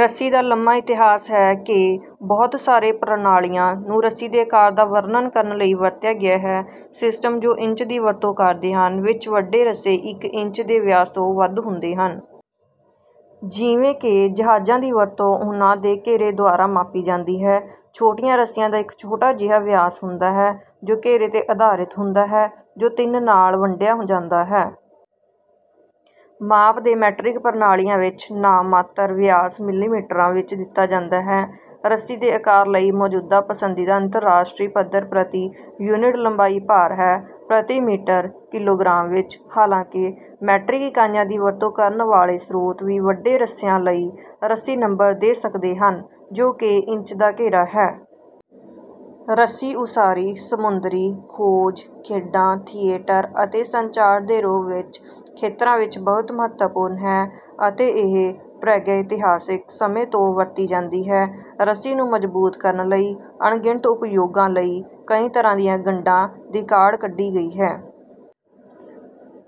ਰੱਸੀ ਦਾ ਲੰਮਾ ਇਤਿਹਾਸ ਹੈ ਕਿ ਬਹੁਤ ਸਾਰੇ ਪ੍ਰਣਾਲੀਆਂ ਨੂੰ ਰੱਸੀ ਦੇ ਆਕਾਰ ਦਾ ਵਰਣਨ ਕਰਨ ਲਈ ਵਰਤਿਆ ਗਿਆ ਹੈ। ਸਿਸਟਮ ਜੋ "ਇੰਚ" ਦੀ ਵਰਤੋਂ ਕਰਦੇ ਹਨ, ਵਿੱਚ ਵੱਡੇ ਰੱਸੇ ਇੱਕ ਇੰਚ ਦੇ ਵਿਆਸ ਤੋਂ ਵੱਧ ਹੁੰਦੇ ਹਨ। ਜਿਵੇਂ ਕਿ ਜਹਾਜ਼ਾਂ ਦੀ ਵਰਤੋਂ ਉਹਨਾਂ ਦੇ ਘੇਰੇ ਦੁਆਰਾ ਮਾਪੀ ਜਾਂਦੀ ਹੈ। ਛੋਟੀਆਂ ਰੱਸੀਆਂ ਦਾ ਇੱਕ ਛੋਟਾ ਜਿਹਾ ਵਿਆਸ ਹੁੰਦਾ ਹੈ, ਜੋ ਘੇਰੇ 'ਤੇ ਆਧਾਰਿਤ ਹੁੰਦਾ ਹੈ, ਜੋ ਤਿੰਨ ਨਾਲ ਵੰਡਿਆ ਜਾਂਦਾ ਹੈ। ਮਾਪ ਦੇ ਮੈਟ੍ਰਿਕ ਪ੍ਰਣਾਲੀਆਂ ਵਿੱਚ, ਨਾਮਾਤਰ ਵਿਆਸ ਮਿਲੀਮੀਟਰਾਂ ਵਿੱਚ ਦਿੱਤਾ ਜਾਂਦਾ ਹੈ। ਰੱਸੀ ਦੇ ਆਕਾਰ ਲਈ ਮੌਜੂਦਾ ਪਸੰਦੀਦਾ ਅੰਤਰਰਾਸ਼ਟਰੀ ਪੱਧਰ ਪ੍ਰਤੀ ਯੂਨਿਟ ਲੰਬਾਈ ਭਾਰ ਹੈ, ਪ੍ਰਤੀ ਮੀਟਰ ਕਿਲੋਗ੍ਰਾਮ ਵਿੱਚ। ਹਾਲਾਂਕਿ, ਮੈਟ੍ਰਿਕ ਇਕਾਈਆਂ ਦੀ ਵਰਤੋਂ ਕਰਨ ਵਾਲੇ ਸਰੋਤ ਵੀ ਵੱਡੇ ਰੱਸਿਆਂ ਲਈ "ਰੱਸੀ ਨੰਬਰ" ਦੇ ਸਕਦੇ ਹਨ, ਜੋ ਕਿ ਇੰਚ ਦਾ ਘੇਰਾ ਹੈ। ਰੱਸੀ ਉਸਾਰੀ, ਸਮੁੰਦਰੀ, ਖੋਜ, ਖੇਡਾਂ, ਥੀਏਟਰ ਅਤੇ ਸੰਚਾਰ ਦੇ ਰੂਪ ਵਿੱਚ ਖੇਤਰਾਂ ਵਿੱਚ ਬਹੁਤ ਮਹੱਤਵਪੂਰਨ ਹੈ, ਅਤੇ ਇਹ ਪ੍ਰਾਗੈਤਿਹਾਸਿਕ ਸਮੇਂ ਤੋਂ ਵਰਤੀ ਜਾਂਦੀ ਹੈ। ਰੱਸੀ ਨੂੰ ਮਜ਼ਬੂਤ ਕਰਨ ਲਈ, ਅਣਗਿਣਤ ਉਪਯੋਗਾਂ ਲਈ ਕਈ ਤਰ੍ਹਾਂ ਦੀਆਂ ਗੰਢਾਂ ਦੀ ਕਾਢ ਕੱਢੀ ਗਈ ਹੈ।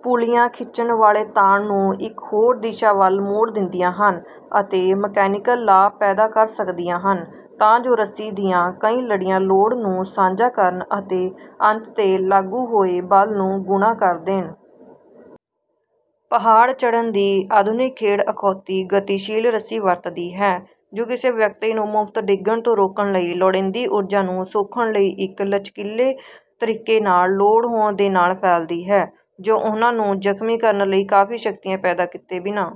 ਪੁੱਲੀਆਂ ਖਿੱਚਣ ਵਾਲੇ ਤਾਣ ਨੂੰ ਇੱਕ ਹੋਰ ਦਿਸ਼ਾ ਵੱਲ ਮੋੜ ਦਿੰਦੀਆਂ ਹਨ ਅਤੇ ਮਕੈਨੀਕਲ ਲਾਭ ਪੈਦਾ ਕਰ ਸਕਦੀਆਂ ਹਨ, ਤਾਂ ਜੋ ਰੱਸੀ ਦੀਆਂ ਕਈ ਲੜੀਆਂ ਲੋਡ ਨੂੰ ਸਾਂਝਾ ਕਰਨ ਅਤੇ ਅੰਤ 'ਤੇ ਲਾਗੂ ਹੋਏ ਬਲ ਨੂੰ ਗੁਣਾ ਕਰ ਦੇਣ। ਪਹਾੜ ਚੜ੍ਹਨ ਦੀ ਆਧੁਨਿਕ ਖੇਡ ਅਖੌਤੀ "ਗਤੀਸ਼ੀਲ" ਰੱਸੀ ਵਰਤਦੀ ਹੈ, ਜੋ ਕਿਸੇ ਵਿਅਕਤੀ ਨੂੰ ਮੁਫ਼ਤ ਡਿੱਗਣ ਤੋਂ ਰੋਕਣ ਲਈ ਲੋੜੀਂਦੀ ਊਰਜਾ ਨੂੰ ਸੋਖਣ ਲਈ ਇੱਕ ਲਚਕੀਲੇ ਤਰੀਕੇ ਨਾਲ ਲੋਡ ਹੋਣ ਦੇ ਨਾਲ ਫੈਲਦੀ ਹੈ, ਜੋ ਉਹਨਾਂ ਨੂੰ ਜ਼ਖ਼ਮੀ ਕਰਨ ਲਈ ਕਾਫ਼ੀ ਸ਼ਕਤੀਆਂ ਪੈਦਾ ਕੀਤੇ ਬਿਨਾਂ।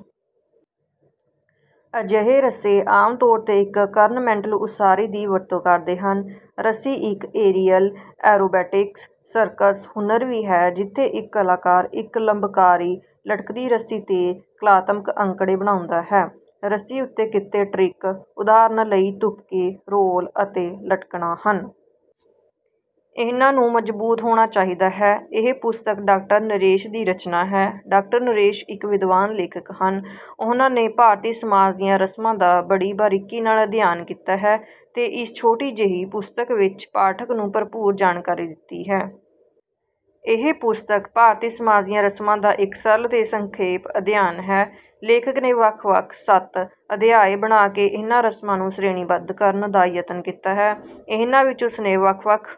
ਅਜਿਹੇ ਰੱਸੇ ਆਮ ਤੌਰ 'ਤੇ ਇੱਕ ਕਰਨਮੈਂਟਲ ਉਸਾਰੀ ਦੀ ਵਰਤੋਂ ਕਰਦੇ ਹਨ। ਰੱਸੀ ਇੱਕ ਏਰੀਅਲ ਐਰੋਬੈਟਿਕਸ ਸਰਕਸ ਹੁਨਰ ਵੀ ਹੈ, ਜਿੱਥੇ ਇੱਕ ਕਲਾਕਾਰ ਇੱਕ ਲੰਬਕਾਰੀ ਲਟਕਦੀ ਰੱਸੀ 'ਤੇ ਕਲਾਤਮਕ ਅੰਕੜੇ ਬਣਾਉਂਦਾ ਹੈ। ਰੱਸੀ ਉੱਤੇ ਕੀਤੇ ਟ੍ਰਿਕ, ਉਦਾਹਰਨ ਲਈ, ਤੁਪਕੇ, ਰੋਲ ਅਤੇ ਲਟਕਣਾ ਹਨ। ਇਹਨਾਂ ਨੂੰ ਮਜ਼ਬੂਤ ਹੋਣਾ ਚਾਹੀਦਾ ਹੈ। ਇਹ ਪੁਸਤਕ ਡਾਕਟਰ ਨਰੇਸ਼ ਦੀ ਰਚਨਾ ਹੈ। ਡਾਕਟਰ ਨਰੇਸ਼ ਇੱਕ ਵਿਦਵਾਨ ਲੇਖਕ ਹਨ। ਉਹਨਾਂ ਨੇ ਭਾਰਤੀ ਸਮਾਜ ਦੀਆਂ ਰਸਮਾਂ ਦਾ ਬੜੀ ਬਾਰੀਕੀ ਨਾਲ ਅਧਿਐਨ ਕੀਤਾ ਹੈ ਤੇ ਇਸ ਛੋਟੀ ਜਿਹੀ ਪੁਸਤਕ ਵਿੱਚ ਪਾਠਕ ਨੂੰ ਭਰਪੂਰ ਜਾਣਕਾਰੀ ਦਿੱਤੀ ਹੈ। ਇਹ ਪੁਸਤਕ ਭਾਰਤੀ ਸਮਾਜ ਦੀਆਂ ਰਸਮਾਂ ਦਾ ਇੱਕ ਸਰਲ ਤੇ ਸੰਖੇਪ ਅਧਿਐਨ ਹੈ। ਲੇਖਕ ਨੇ ਵੱਖ-ਵੱਖ ਸੱਤ ਅਧਿਆਇ ਬਣਾ ਕੇ ਇਹਨਾਂ ਰਸਮਾਂ ਨੂੰ ਸ਼੍ਰੇਣੀਬੱਧ ਕਰਨ ਦਾ ਯਤਨ ਕੀਤਾ ਹੈ। ਇਹਨਾਂ ਵਿੱਚ ਉਸ ਨੇ ਵੱਖ-ਵੱਖ